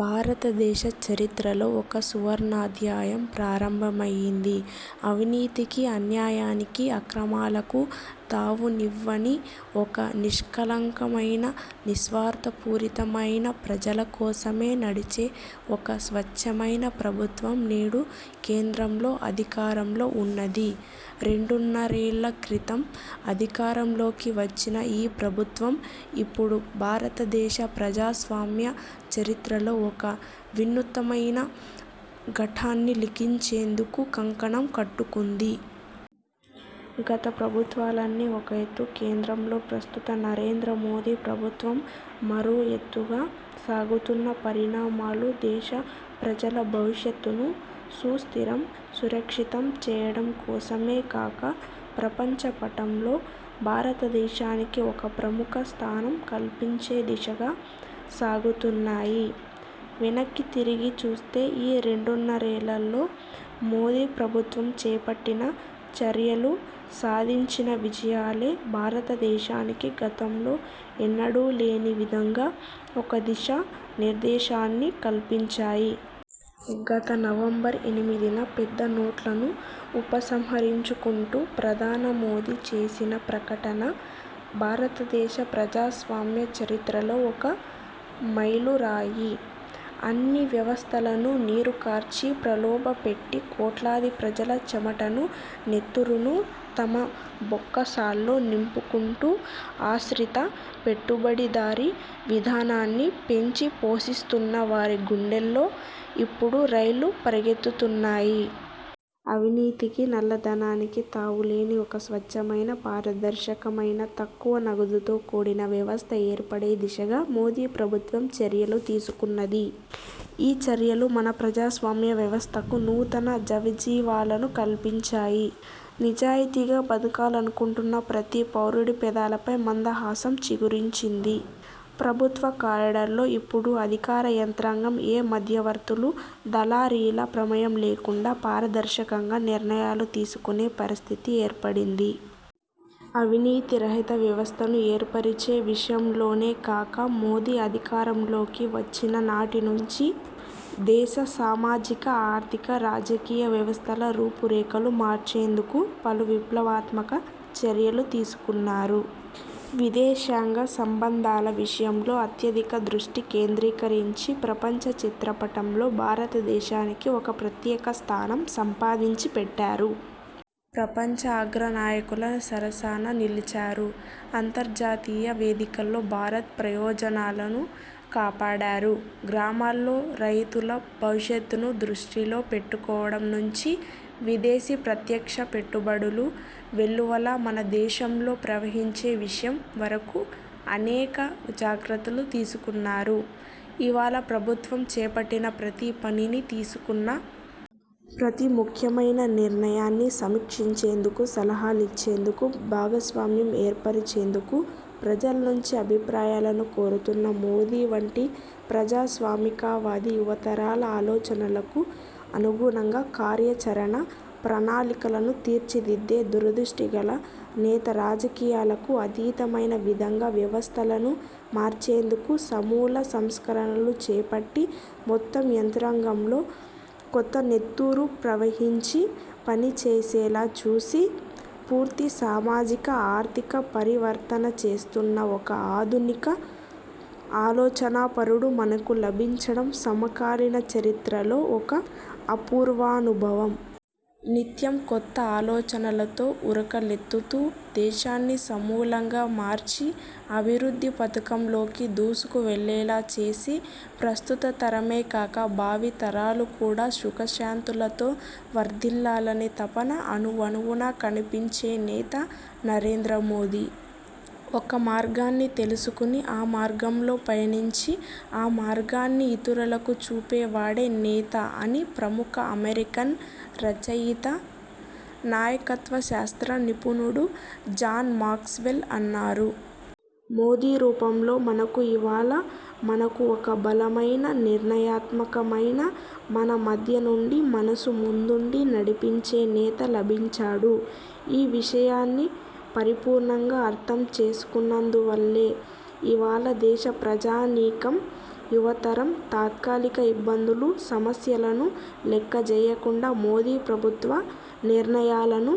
భారతదేశ చరిత్రలో ఒక సువర్ణాధ్యాయం ప్రారంభమైంది. అవినీతికీ, అన్యాయానికీ, అక్రమాలకూ తావునివ్వని ఒక నిష్కళంకమైన, నిస్వార్థపూరితమైన, ప్రజల కోసమే నడిచే ఒక స్వచ్ఛమైన ప్రభుత్వం నేడు కేంద్రంలో అధికారంలో ఉన్నది. రెండున్నరేళ్ల క్రితం అధికారంలోకి వచ్చిన ఈ ప్రభుత్వం ఇప్పుడు భారతదేశ ప్రజాస్వామ్య చరిత్రలో ఒక వినూత్నమైన ఘట్టాన్ని లిఖించేందుకు కంకణం కట్టుకుంది. గత ప్రభుత్వాలన్నీ ఒక ఎత్తూ, కేంద్రంలో ప్రస్తుత నరేంద్ర మోదీ ప్రభుత్వం మరో ఎత్తుగా సాగుతున్న పరిణామాలు దేశ ప్రజల భవిష్యత్తును సుస్థిరం, సురక్షితం చేయడంకోసమే కాక ప్రపంచ పటంలో భారతదేశానికి ఒక ప్రముఖ స్థానం కల్పించే దిశగా సాగుతున్నాయి. వెనక్కి తిరిగి చూస్తే ఈ రెండున్నరేళ్లలో మోదీ ప్రభుత్వం చేపట్టిన చర్యలు, సాధించిన విజయాలే భారత దేశానికి గతంలో ఎన్నడూ లేని విధంగా ఒక దిశా నిర్దేశాన్ని కల్పించాయి. గత నవంబర్ ఎనిమిదిన పెద్ద నోట్లను ఉపసంహరించుకుంటూ ప్రధాని మోదీ చేసిన ప్రకటన భారతదేశ ప్రజాస్వామ్య చరిత్రలో ఒక మైలురాయి. అన్ని వ్యవస్థలనూ నీరుకార్చి, ప్రలోభపెట్టి కోట్లాది ప్రజల చెమటను, నెత్తురునూ తమ బొక్కసాల్లో నింపుకుంటూ, ఆశ్రిత పెట్టుబడిదారీ విధానాన్ని పెంచి పోషిస్తున్న వారి గుండెల్లో ఇప్పుడు రైళ్లు పరుగెత్తుతున్నాయి. అవినీతికి, నల్లధనానికి తావులేని ఒక స్వచ్ఛమైన, పారదర్శకమైన తక్కువ నగదుతో కూడిన వ్యవస్థ ఏర్పడే దిశగా మోదీ ప్రభుత్వం చర్యలు తీసుకున్నది. ఈ చర్యలు మన ప్రజాస్వామ్య వ్యవస్థకు నూతన జవజీవాలను కల్పించాయి. నిజాయితీగా బతకాలనుకుంటున్న ప్రతి పౌరుడి పెదాలపై మందహాసం చిగురించింది. ప్రభుత్వ కారిడార్లలో ఇప్పుడు అధికార యంత్రాంగం ఏ మధ్యవర్తులు, దళారీల ప్రమేయం లేకుండా పారదర్శకంగా నిర్ణయాలు తీసుకునే పరిస్థితి ఏర్పడింది. అవినీతి రహిత వ్యవస్థను ఏర్పరిచే విషయంలోనే కాక మోదీ అధికారంలోకి వచ్చిన నాటినుంచీ దేశ సామాజిక, ఆర్థిక, రాజకీయ వ్యవస్థల రూపురేఖలు మార్చేందుకు పలు విప్లవాత్మక చర్యలు తీసుకున్నారు. విదేశాంగ సంబంధాల విషయంలో అత్యధిక దృష్టి కేంద్రీకరించి ప్రపంచ చిత్రపటంలో భారతదేశానికి ఒక ప్రత్యేక స్థానం సంపాదించి పెట్టారు. ప్రపంచ అగ్రనాయకుల సరసన నిలిచారు. అంతర్జాతీయ వేదికల్లో భారత్ ప్రయోజనాలను కాపాడారు. గ్రామాల్లో రైతుల భవిష్యత్తును దృష్టిలో పెట్టుకోవడం నుంచి విదేశీ ప్రత్యక్ష పెట్టుబడులు వెల్లువలా మన దేశంలో ప్రవహించే విషయం వరకు అనేక జాగ్రత్తలు తీసుకున్నారు. ఇవాళ ప్రభుత్వం చేపట్టిన ప్రతి పనినీ, తీసుకున్న ప్రతి ముఖ్యమైన నిర్ణయాన్నీ సమీక్షించేందుకు, సలహాలనిచ్చేందుకు, భాగస్వామ్యం ఏర్పర్చేందుకు ప్రజలనుంచి అభిప్రాయాలను కోరుతున్న మోదీ వంటి ప్రజాస్వామికవాది యువతరాల ఆలోచనలకు అనుగుణంగా కార్యాచరణ ప్రణాళికలను తీర్చిదిద్దే దూరదృష్టిగల నేత రాజకీయాలకు అతీతమైన విధంగా వ్యవస్థలను మార్చేందుకు సమూల సంస్కరణలు చేపట్టి, మొత్తం యంత్రాంగంలో కొత్త నెత్తురు ప్రవేశించి పనిచేసేలా చూసి, పూర్తి సామాజిక, ఆర్థిక పరివర్తన చేస్తున్న ఒక ఆధునిక ఆలోచనాపరుడు మనకు లభించడం సమకాలీన చరిత్రలో ఒక అపూర్వానుభవం. నిత్యం కొత్త ఆలోచనలతో ఉరకలెత్తుతూ దేశాన్ని సమూలంగా మార్చి అభివృద్ధి పథంలోకి దూసుకువెళ్లేలా చేసి, ప్రస్తుత తరమే కాక భావితరాలు కూడా సుఖశాంతులతో వర్ధిల్లాలనే తపన అణువణువునా కనిపించే నేత నరేంద్ర మోదీ. ఒక మార్గాన్ని తెలుసుకుని, ఆ మార్గంలో పయనించి, ఆ మార్గాన్ని ఇతరులకు చూపే వాడే నేత అని ప్రముఖ అమెరికన్ రచయిత, నాయకత్వ శాస్త్ర నిపుణుడు జాన్ మాక్స్ వెల్ అన్నారు. మోదీ రూపంలో మనకు ఇవాళ మనకు ఒక బలమైన, నిర్ణయాత్మకమైన, మన మధ్యనుండి మనను ముందుండి నడిపించే నేత లభించాడు. ఈ విషయాన్ని పరిపూర్ణంగా అర్థం చేసుకున్నందువల్లే ఇవాళ దేశ ప్రజానీకం, యువతరం తాత్కాలిక ఇబ్బందులు, సమస్యలను లెక్కచేయకుండా మోదీ ప్రభుత్వ నిర్ణయాలను